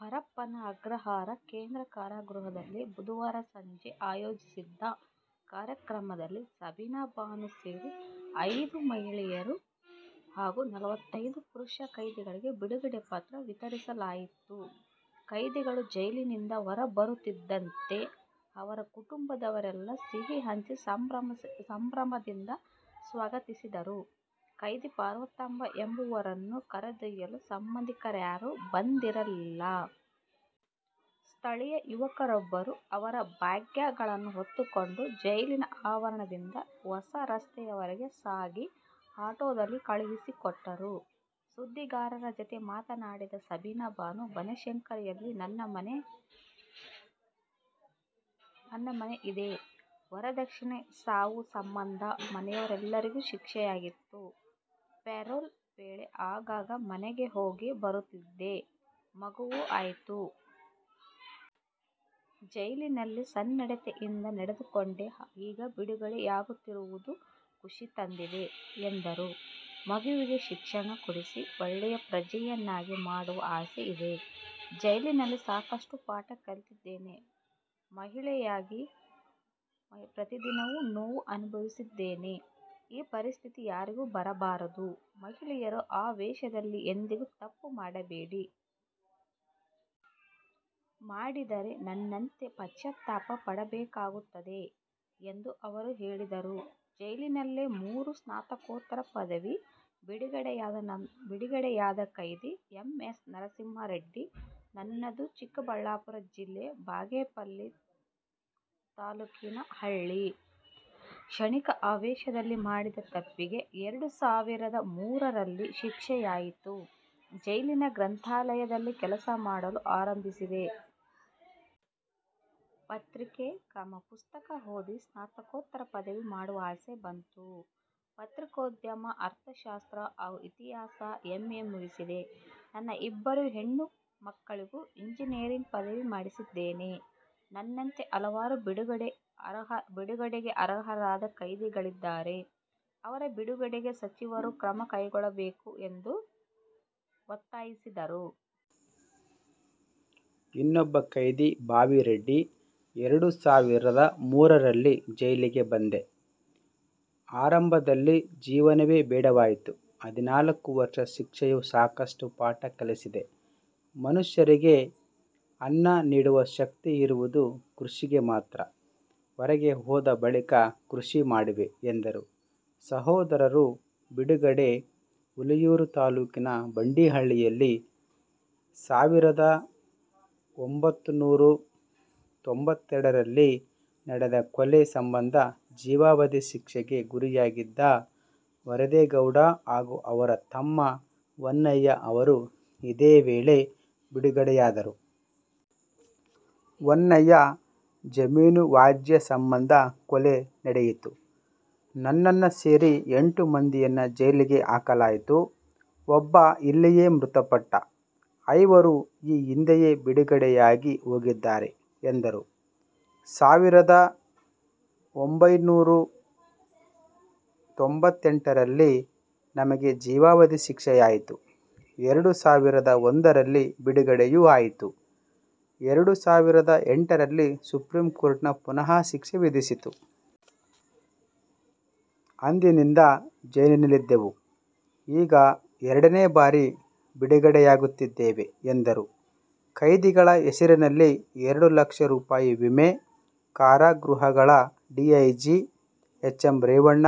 ಪರಪ್ಪನ ಅಗ್ರಹಾರ ಕೇಂದ್ರ ಕಾರಾಗೃಹದಲ್ಲಿ ಬುಧವಾರ ಸಂಜೆ ಆಯೋಜಿಸಿದ್ದ ಕಾರ್ಯಕ್ರಮದಲ್ಲಿ ಸಬೀನಾ ಬಾನು ಸೇರಿ ಐದು ಮಹಿಳೆಯರು ಹಾಗೂ ನಲವತ್ತೈದು ಪುರುಷ ಕೈದಿಗಳಿಗೆ ಬಿಡುಗಡೆ ಪತ್ರ ವಿತರಿಸಲಾಯಿತು. ಕೈದಿಗಳು ಜೈಲಿನಿಂದ ಹೊರಬರುತ್ತಿದ್ದಂತೆ, ಅವರ ಕುಟುಂಬದವರೆಲ್ಲ ಸಿಹಿ ಹಂಚಿ ಸಂಭ್ರಮದಿಂದ ಸ್ವಾಗತಿಸಿದರು. ಕೈದಿ ಪಾರ್ವತಮ್ಮ ಎಂಬುವರನ್ನು ಕರೆದೊಯ್ಯಲು ಸಂಬಂಧಿಕರ್ಯಾರು ಬಂದಿರಲಿಲ್ಲ. ಸ್ಥಳೀಯ ಯುವಕರೊಬ್ಬರು ಅವರ ಬ್ಯಾಗ್ಗಳನ್ನು ಹೊತ್ತುಕೊಂಡು ಜೈಲಿನ ಆವರಣದಿಂದ ಹೊಸ ರಸ್ತೆಯವರೆಗೆ ಸಾಗಿ, ಆಟೋದಲ್ಲಿ ಕಳುಹಿಸಿಕೊಟ್ಟರು. ಸುದ್ದಿಗಾರರ ಜತೆ ಮಾತನಾಡಿದ ಸಬೀನಾ ಬಾನು, 'ಬನಶಂಕರಿಯಲ್ಲಿ ನನ್ನ ಮನೆ ಇದೆ. ವರದಕ್ಷಿಣೆ ಸಾವು ಸಂಬಂಧ ಮನೆಯವರೆಲ್ಲರಿಗೂ ಶಿಕ್ಷೆಯಾಗಿತ್ತು. ಪರೋಲ್ ವೇಳೆ ಆಗಾಗ ಮನೆಗೆ ಹೋಗಿ ಬರುತ್ತಿದ್ದೆ. ಮಗುವೂ ಆಯಿತು. ಜೈಲಿನಲ್ಲಿ ಸನ್ನಡತೆಯಿಂದ ನಡೆದುಕೊಂಡೆ. ಈಗ ಬಿಡುಗಡೆಯಾಗುತ್ತಿರುವುದು ಖುಷಿ ತಂದಿದೆ' ಎಂದರು. 'ಮಗುವಿಗೆ ಶಿಕ್ಷಣ ಕೊಡಿಸಿ ಒಳ್ಳೆಯ ಪ್ರಜೆಯನ್ನಾಗಿ ಮಾಡುವ ಆಸೆ ಇದೆ. ಜೈಲಿನಲ್ಲಿ ಸಾಕಷ್ಟು ಪಾಠ ಕಲಿತಿದ್ದೇನೆ. ಮಹಿಳೆಯಾಗಿ ಪ್ರತಿದಿನವೂ ನೋವು ಅನುಭವಿಸಿದ್ದೇನೆ. ಈ ಪರಿಸ್ಥಿತಿ ಯಾರಿಗೂ ಬರಬಾರದು. ಮಹಿಳೆಯರು ಆವೇಷದಲ್ಲಿ ಎಂದಿಗೂ ತಪ್ಪು ಮಾಡಬೇಡಿ. ಮಾಡಿದರೆ, ನನ್ನಂತೆ ಪಶ್ಚಾತಾಪ ಪಡಬೇಕಾಗುತ್ತದೆ' ಎಂದು ಅವರು ಹೇಳಿದರು. ಜೈಲ್ಲಿನಲ್ಲೇ ಮೂರು ಸ್ನಾತಕೋತ್ತರ ಪದವಿ: ಬಿಡುಗಡೆಯಾದ ಕೈದಿ ಎಂ. ಎಸ್. ನರಸಿಂಹ ರೆಡ್ಡಿ, 'ನನ್ನದು ಚಿಕ್ಕಬಳ್ಳಾಪುರ ಜಿಲ್ಲೆಯ ಬಾಗೇಪಲ್ಲಿ ತಾಲ್ಲೂಕಿನ ಹಳ್ಳಿ. ಕ್ಷಣಿಕ ಆವೇಷದಲ್ಲಿ ಮಾಡಿದ ತಪ್ಪಿಗೆ ಎರಡು ಸಾವಿರದ ಮೂರರಲ್ಲಿ ಶಿಕ್ಷೆಯಾಯಿತು. ಜೈಲಿನ ಗ್ರಂಥಾಲಯದಲ್ಲಿ ಕೆಲಸ ಮಾಡಲು ಆರಂಭಿಸಿದೆ. ಪತ್ರಿಕೆ, ಪುಸ್ತಕ ಓದಿ ಸ್ನಾತಕೋತ್ತರ ಪದವಿ ಮಾಡುವ ಆಸೆ ಬಂತು. ಪತ್ರಿಕೋದ್ಯಮ, ಅರ್ಥಶಾಸ್ತ್ರ ಹಾಗೂ ಇತಿಹಾಸದಲ್ಲಿ ಎಂ. ಎ ಮುಗಿಸಿದೆ. ನನ್ನ ಇಬ್ಬರು ಹೆಣ್ಣು ಮಕ್ಕಳಿಗೂ ಎಂಜಿನಿಯರಿಂಗ್ ಪದವಿ ಮಾಡಿಸಿದ್ದೇನೆ. ನನ್ನಂತೆ ಹಲವರು ಬಿಡುಗಡೆಗೆ ಅರ್ಹರಾದ ಕೈದಿಗಳಿದ್ದಾರೆ. ಅವರ ಬಿಡುಗಡೆಗೆ ಸಚಿವರು ಕ್ರಮ ಕೈಗೊಳ್ಳಬೇಕು' ಎಂದು ಒತ್ತಾಯಿಸಿದರು. ಇನ್ನೊಬ್ಬ ಕೈದಿ ಭಾವಿ ರೆಡ್ಡಿ, ಎರಡು ಸಾವಿರದ ಮೂರರಲ್ಲಿ ಜೈಲಿಗೆ ಬಂದೆ. ಆರಂಭದಲ್ಲಿ ಜೀವನವೇ ಬೇಡವಾಗಿತ್ತು. ಹದಿನಾಲ್ಕು ವರ್ಷ ಶಿಕ್ಷೆಯು ಸಾಕಷ್ಟು ಪಾಠ ಕಲಿಸಿದೆ. ಮನುಷ್ಯರಿಗೆ ಅನ್ನ ನೀಡುವ ಶಕ್ತಿ ಇರುವುದು ಕೃಷಿಗೆ ಮಾತ್ರ. ಹೊರಗೆ ಹೋದ ಬಳಿಕ ಕೃಷಿ ಮಾಡುವೆ' ಎಂದರು. ಸಹೋದರರು ಬಿಡುಗಡೆ: ಹುಲಿಯೂರು ತಾಲ್ಲೂಕಿನ ಬಂಡಿಹಳ್ಳಿಯಲ್ಲಿ ಸಾವಿರದ ಒಂಭೈನೂರ ತೊಂಬತ್ತೆರಡರಲ್ಲಿ ನಡೆದ ಕೊಲೆ ಸಂಬಂಧ ಜೀವಾವಧಿ ಶಿಕ್ಷೆಗೆ ಗುರಿಯಾಗಿದ್ದ ವರದೇಗೌಡ ಹಾಗೂ ಅವರ ತಮ್ಮ ವನ್ನಯ್ಯ ಅವರು ಇದೇ ವೇಳೆ ಬಿಡುಗಡೆಯಾದರು. ವನ್ನಯ್ಯ, 'ಜಮೀನು ವ್ಯಾಜ್ಯ ಸಂಬಂಧ ಕೊಲೆ ನಡೆಯಿತು. ನನ್ನನ್ನು ಸೇರಿ ಎಂಟು ಮಂದಿಯನ್ನು ಜೈಲಿಗೆ ಹಾಕಲಾಯಿತು. ಒಬ್ಬ ಇಲ್ಲಿಯೇ ಮೃತಪಟ್ಟ. ಐವರು ಈ ಹಿಂದೆಯೇ ಬಿಡುಗಡೆಯಾಗಿ ಹೋಗಿದ್ದಾರೆ' ಎಂದರು. ಸಾವಿರದ ಒಂಭೈನೂರ ತೊಂಬತ್ತೆಂಟರಲ್ಲಿ ನಮಗೆ ಜೀವಾವಧಿ ಶಿಕ್ಷೆಯಾಗಿತ್ತು. ಎರಡು ಸಾವಿರದ ಒಂದರಲ್ಲಿ ಬಿಡುಗಡೆಯೂ ಆಗಿತ್ತು. ಎರಡು ಸಾವಿರದ ಎಂಟರಲ್ಲಿ ಸುಪ್ರೀಂಕೋರ್ಟ್ ಪುನಃ ಶಿಕ್ಷೆ ವಿಧಿಸಿತ್ತು. ಅಂದಿನಿಂದ ಜೈಲಿನಲ್ಲಿದ್ದೆವು. ಈಗ ಎರಡನೇ ಬಾರಿ ಬಿಡುಗಡೆಯಾಗುತ್ತಿದ್ದೇವೆ ಎಂದರು. ಕೈದಿಗಳ ಹೆಸರಿನಲ್ಲಿ ಎರಡು ಲಕ್ಷ ರೂಪಾಯಿ ವಿಮೆ: ಕಾರಾಗೃಹಗಳ ಡಿಐಜಿ ಎಚ್. ಎಂ. ರೇವಣ್ಣ,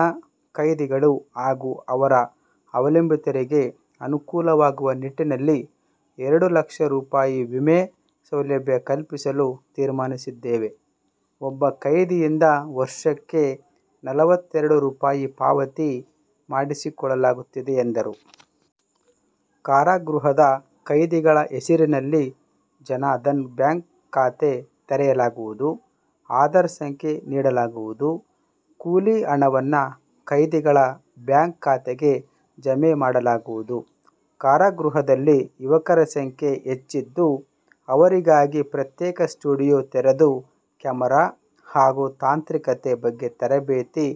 ಕೈದಿಗಳು ಹಾಗೂ ಅವರ ಅವಲಂಬಿತರಿಗೆ ಅನುಕೂಲವಾಗುವ ನಿಟ್ಟಿನಲ್ಲಿ ಎರಡು ಲಕ್ಷ ರೂಪಾಯಿ ವಿಮೆ ಸೌಲಭ್ಯ ಕಲ್ಪಿಸಲು ತೀರ್ಮಾನಿಸಿದ್ದೇವೆ. ಒಬ್ಬ ಕೈದಿಯಿಂದ ವರ್ಷಕ್ಕೆ ನಲವತ್ತೆರಡು ರೂಪಾಯಿ ಪಾವತಿ ಮಾಡಿಸಿಕೊಳ್ಳಲಾಗುತ್ತಿದೆ ಎಂದರು. 'ಕಾರಾಗೃಹದ ಕೈದಿಗಳ ಹೆಸರಿನಲ್ಲಿ ಜನಧನ್ ಬ್ಯಾಂಕ್ ಖಾತೆ ತೆರೆಯಲಾಗುವುದು. ಆಧಾರ್ ಸಂಖ್ಯೆ ನೀಡಲಾಗುವುದು. ಕೂಲಿ ಹಣವನ್ನು ಕೈದಿಗಳ ಬ್ಯಾಂಕ್ ಖಾತೆಗೆ ಜಮೆ ಮಾಡಲಾಗುವುದು. ಕಾರಾಗೃಹದಲ್ಲಿ ಯುವಕರ ಸಂಖ್ಯೆ ಹೆಚ್ಚಿದ್ದು, ಅವರಿಗಾಗಿ ಪ್ರತ್ಯೇಕ ಸ್ಟುಡಿಯೊ ತೆರೆದು ಕ್ಯಾಮೆರಾ ಹಾಗೂ ತಾಂತ್ರಿಕತೆ ಬಗ್ಗೆ ತರಬೇತಿ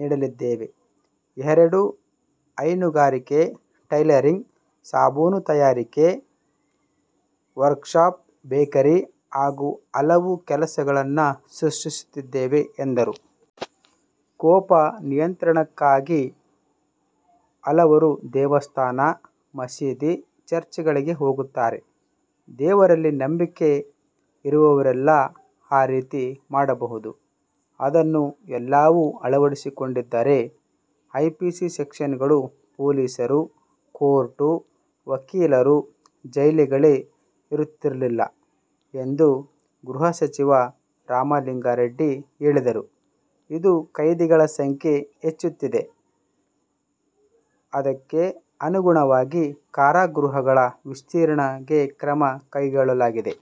ನೀಡಲಿದ್ದೇವೆಎರಡು ಹೈನುಗಾರಿಕೆ, ಟೈಲರಿಂಗ್, ಸಾಬೂನು ತಯಾರಿಕೆ, ವರ್ಕ್ಶಾಪ್, ಬೇಕರಿ ಹಾಗೂ ಹಲವು ಕೆಲಸಗಳನ್ನು ಸೃಷ್ಟಿಸುತ್ತಿದ್ದೇವೆ' ಎಂದರು. 'ಕೋಪ ನಿಯಂತ್ರಣಕ್ಕಾಗಿ ಹಲವರು ದೇವಸ್ಥಾನ, ಮಸೀದಿ, ಚರ್ಚ್ಗಳಿಗೆ ಹೋಗುತ್ತಾರೆ. ದೇವರಲ್ಲಿ ನಂಬಿಕೆ ಇರುವವರೆಲ್ಲ ಆ ರೀತಿ ಮಾಡಬಹುದು. ಅದನ್ನು ಎಲ್ಲರೂ ಅಳವಡಿಸಿಕೊಂಡಿದ್ದರೆ, ಐಪಿಸಿ ಸೆಕ್ಷನ್ಗಳು, ಪೊಲೀಸರು, ಕೋರ್ಟ್, ವಕೀಲರು, ಜೈಲುಗಳೇ ಇರುತ್ತಿರಲಿಲ್ಲ' ಎಂದು ಗೃಹ ಸಚಿವ ರಾಮಲಿಂಗಾರೆಡ್ಡಿ ಹೇಳಿದರು. 'ಇಂದು ಕೈದಿಗಳ ಸಂಖ್ಯೆ ಹೆಚ್ಚುತ್ತಿದೆ. ಅದಕ್ಕೆ ಅನುಗುಣವಾಗಿ ಕಾರಾಗೃಹಗಳ ವಿಸ್ತರಣೆಗೆ ಕ್ರಮ ಕೈಗೊಳ್ಳಲಾಗಿದೆ.